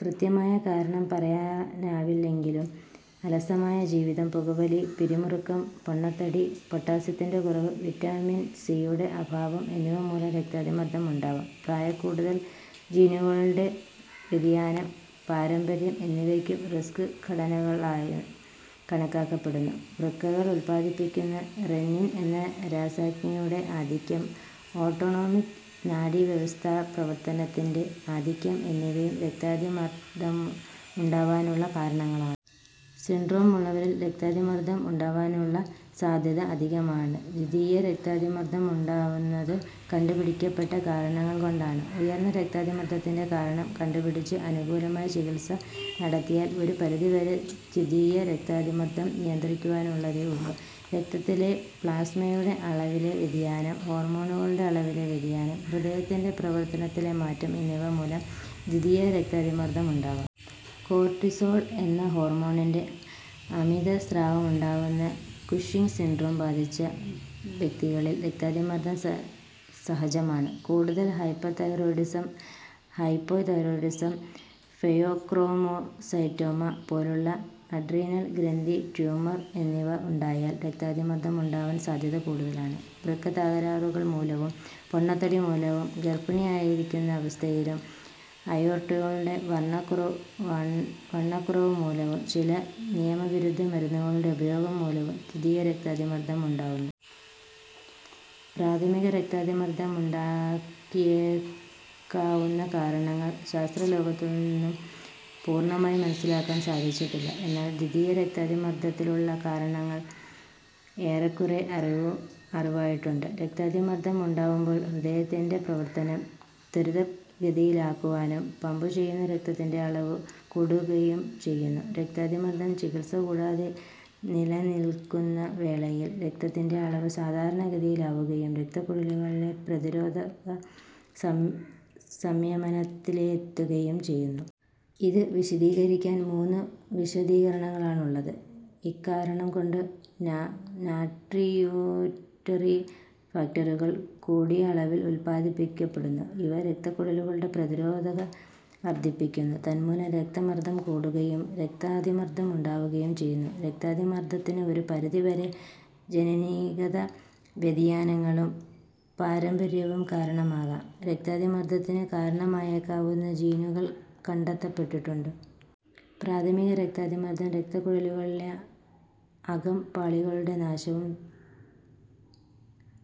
കൃത്യമായ കാരണം പറയാനാവില്ലെങ്കിലും അലസമായ ജീവിതം, പുകവലി, പിരിമുറുക്കം, പൊണ്ണത്തടി, പൊട്ടാസ്യത്തിന്റെ കുറവ്, വിറ്റാമിൻ ഡിയുടെ അഭാവം എന്നിവ മൂലം രക്താതിമർദ്ദം ഉണ്ടാവാം. പ്രായക്കൂടുതൽ, ജീനുകളുടെ വ്യതിയാനം, പാരമ്പര്യം എന്നിവയും 'റിസ്ക് ഘടകങ്ങളായി' കണക്കാക്കപ്പെടുന്നു. വൃക്കകൾ ഉല്പാദിപ്പിക്കുന്ന റെന്നിൻ എന്ന രാസാഗ്നിയുടെ ആധിക്യം ഓട്ടോണോമിക് നാഡീവ്യവസ്ഥാപ്രവർത്തനത്തിന്റെ ആധിക്യം എന്നിവയും രക്താതിമർദ്ദമുണ്ടാവാനുള്ള കാരണങ്ങളാണ്. 'സിൻഡ്രോം എക്സ്' എന്ന ഇൻസുലിൻ പ്രതിരോധക സിൻഡ്രോം ഉള്ളവരിൽ രക്താതിമർദ്ദം ഉണ്ടാവാനുള്ള സാധ്യത അധികമാണ്. ദ്വിതീയ രക്താതിമർദ്ദം ഉണ്ടാവുന്നത് കണ്ടുപിടിക്കപ്പെട്ട കാരണങ്ങൾ കൊണ്ടാണ്. ഉയർന്ന രക്താതിമർദ്ദത്തിന്റെ കാരണം കണ്ടുപിടിച്ച് അനുകൂലമായ ചികിത്സ നടത്തിയാൽ ഒരു പരിധിവരെ ദ്വിതീയ രക്താതിമർദ്ദം നിയന്ത്രിക്കാവുന്നതേ ഉള്ളൂ. രക്തത്തിലെ പ്ളാസ്മയുടെ അളവിലെ വ്യതിയാനം, ഹോർമോണുകളുടെ അളവിലെ വ്യതിയാനം, ഹൃദയത്തിന്റെ പ്രവർത്തനത്തിലെ മാറ്റം എന്നിവ മൂലം ദ്വിതീയ രക്താതിമർദ്ദം ഉണ്ടാവാം. കോർട്ടിസോൾ എന്ന ഹോർമോണിന്റെ അമിതസ്രാവമുണ്ടാക്കുന്ന കുഷിങ് സിൻഡ്രോം ബാധിച്ച വ്യക്തികളിൽ രക്താതിമർദ്ദം സഹജമാണ്. കൂടാതെ, ഹൈപ്പർതൈറോയിഡിസം, ഹൈപ്പോതൈറോയിഡിസം, ഫേയോക്രോമൊസൈറ്റോമ പോലുള്ള അഡ്രീനൽ ഗ്രന്ഥി ട്യൂമറുകൾ എന്നിവ ഉണ്ടായാൽ രക്താതിമർദ്ദം ഉണ്ടാവാൻ സാധ്യത കൂടുതലാണ്. വൃക്ക തകരാറുകൾ മൂലവും, പൊണ്ണത്തടി മൂലവും, ഗർഭിണിയായിരിക്കുന്ന അവസ്ഥയിലും, അയോർട്ടയുടെ വണ്ണക്കുറവുമൂലവും, ചില നിയമവിരുദ്ധ മരുന്നുകളുടെ ഉപയോഗം മൂലവും ദ്വിതീയ രക്താതിമർദ്ദം ഉണ്ടാകുന്നു.: പ്രാഥമിക രക്താതിമർദ്ദമുണ്ടാക്കിയേക്കാവുന്ന കാരണങ്ങൾ ശാസ്ത്രലോകത്തിന് ഇന്നും പൂർണ്ണമായി മനസ്സിലാക്കാൻ സാധിച്ചിട്ടില്ല. എന്നാൽ ദ്വിതീയ രക്താതിമർദ്ദത്തിനുള്ള കാരണങ്ങൾ ഏറെക്കുറെ അറിവായിട്ടുണ്ട്. രക്താതിമർദ്ദം ഉണ്ടാവുമ്പോൾ ഹൃദയത്തിന്റെ പ്രവർത്തനം ത്വരിതഗതിയിലാകുകയും പമ്പ് ചെയ്യുന്ന രക്തത്തിന്റെ അളവ് കൂടുകയും ചെയ്യുന്നു. രക്താതിമർദ്ദം ചികിത്സ കൂടാതെ നിലനിൽക്കുന്ന വേളയിൽ രക്തത്തിന്റെ അളവ് സാധാരണ ഗതിയിലാവുകയും രക്തക്കുഴലുകളിലെ പ്രതിരോധകത സംയമനത്തിലെത്തുകയും ചെയുന്നു. ഇത് വിശദീകരിക്കാൻ മൂന്ന് വിശദീകരണങ്ങളാണുള്ളത്: ഇക്കാരണം കൊണ്ട് നാട്രിയൂററ്റിക് ഫാക്ടറുകൾ കൂടിയ അളവിൽ ഉല്പാദിപ്പിക്കപ്പെടുന്നു. ഇവ രക്തക്കുഴലുകളുടെ പ്രതിരോധകത വർദ്ധിപ്പിക്കുന്നു. തൽഫലം രക്തസമ്മർദ്ദം കൂടുകയും, രക്താതിമർദ്ദം ഉണ്ടാവുകയും ചെയ്യുന്നു. രക്താതിമർദ്ദത്തിന് ഒരു പരിധി വരെ ജനിതക വ്യതിയാനങ്ങളും പാരമ്പര്യവും കാരണമാകാം. രക്താതിമർദ്ദത്തിന് കാരണമായേക്കാവുന്ന ജീനുകൾ കണ്ടെത്തപ്പെട്ടിട്ടുണ്ട്. പ്രാഥമിക രക്താതിമർദ്ദവും രക്തക്കുഴലുകളിലെ അകം പാളിയുടെ നാശവും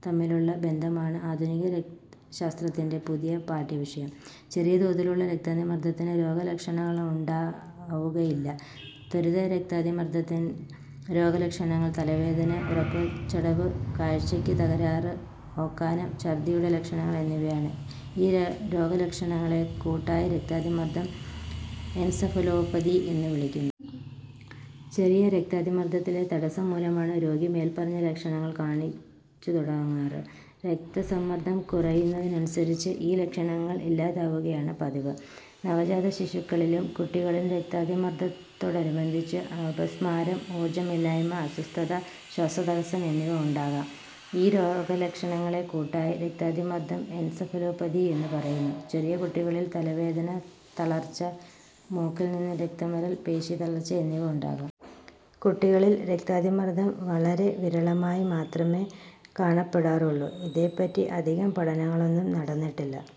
തമ്മിലുള്ള ബന്ധമാണ് ആധുനിക ശാസ്ത്രത്തിന്റെ പുതിയ പാഠ്യവിഷയം. ചെറിയതോതിലുള്ള രക്താതിമർദ്ദത്തിന് രോഗലക്ഷണങ്ങളുണ്ടാവുകയില്ല. ത്വരിത രക്താതിമർദ്ദത്തിന്റെ രോഗലക്ഷണങ്ങൾ തലവേദന, ഉറക്കച്ചടവ്, കാഴ്ചയ്ക്ക് തകരാറ്, ഓക്കാനം. ഛർദ്ദിയുടെ ലക്ഷണങ്ങൾ എന്നിവയാണ്. ഈ രോഗലക്ഷണങ്ങളെ കൂട്ടായി രക്താതിമർദ്ദ എൻസഫാലോപതി എന്നു വിളിക്കുന്നു. ചെറിയ രക്തധമനികളിലെ തടസ്സം മൂലമാണ് രോഗി മേൽപ്പറഞ്ഞ ലക്ഷണങ്ങൾ കാണിച്ചുതുടങ്ങാറ്. രക്തസമ്മർദ്ദം കുറയുന്നതിനനുസരിച്ച് ഈ ലക്ഷണങ്ങൾ ഇല്ലാതാവുകയാണ് പതിവ്. നവജാതശിശുക്കളിലും കുട്ടികളിലും രക്താതിമർദ്ദത്തോടനുബന്ധിച്ച് അപസ്മാരം, ഊർജ്ജമില്ലായ്മ, അസ്വസ്ഥത, ശ്വാസതടസ്സം എന്നിവ ഉണ്ടാകാം. ഈ രോഗലക്ഷണങ്ങളെ കൂട്ടായി രക്താതിമർദ്ദ എൻസഫാലോപതി എന്നു പറയുന്നു. ചെറിയ കുട്ടികളിൽ തലവേദന, തളർച്ച, മൂക്കിൽ നിന്നും രക്തം വരൽ, പേശീതളർച്ച എന്നിവ ഉണ്ടാകാം. കുട്ടികളിൽ രക്താതിമർദ്ദം വളരെ വിരളമായി മാത്രമേ കാണപ്പെടാറുള്ളൂ. ഇതേപ്പറ്റി അധികം പഠനങ്ങളൊന്നും നടന്നിട്ടില്ല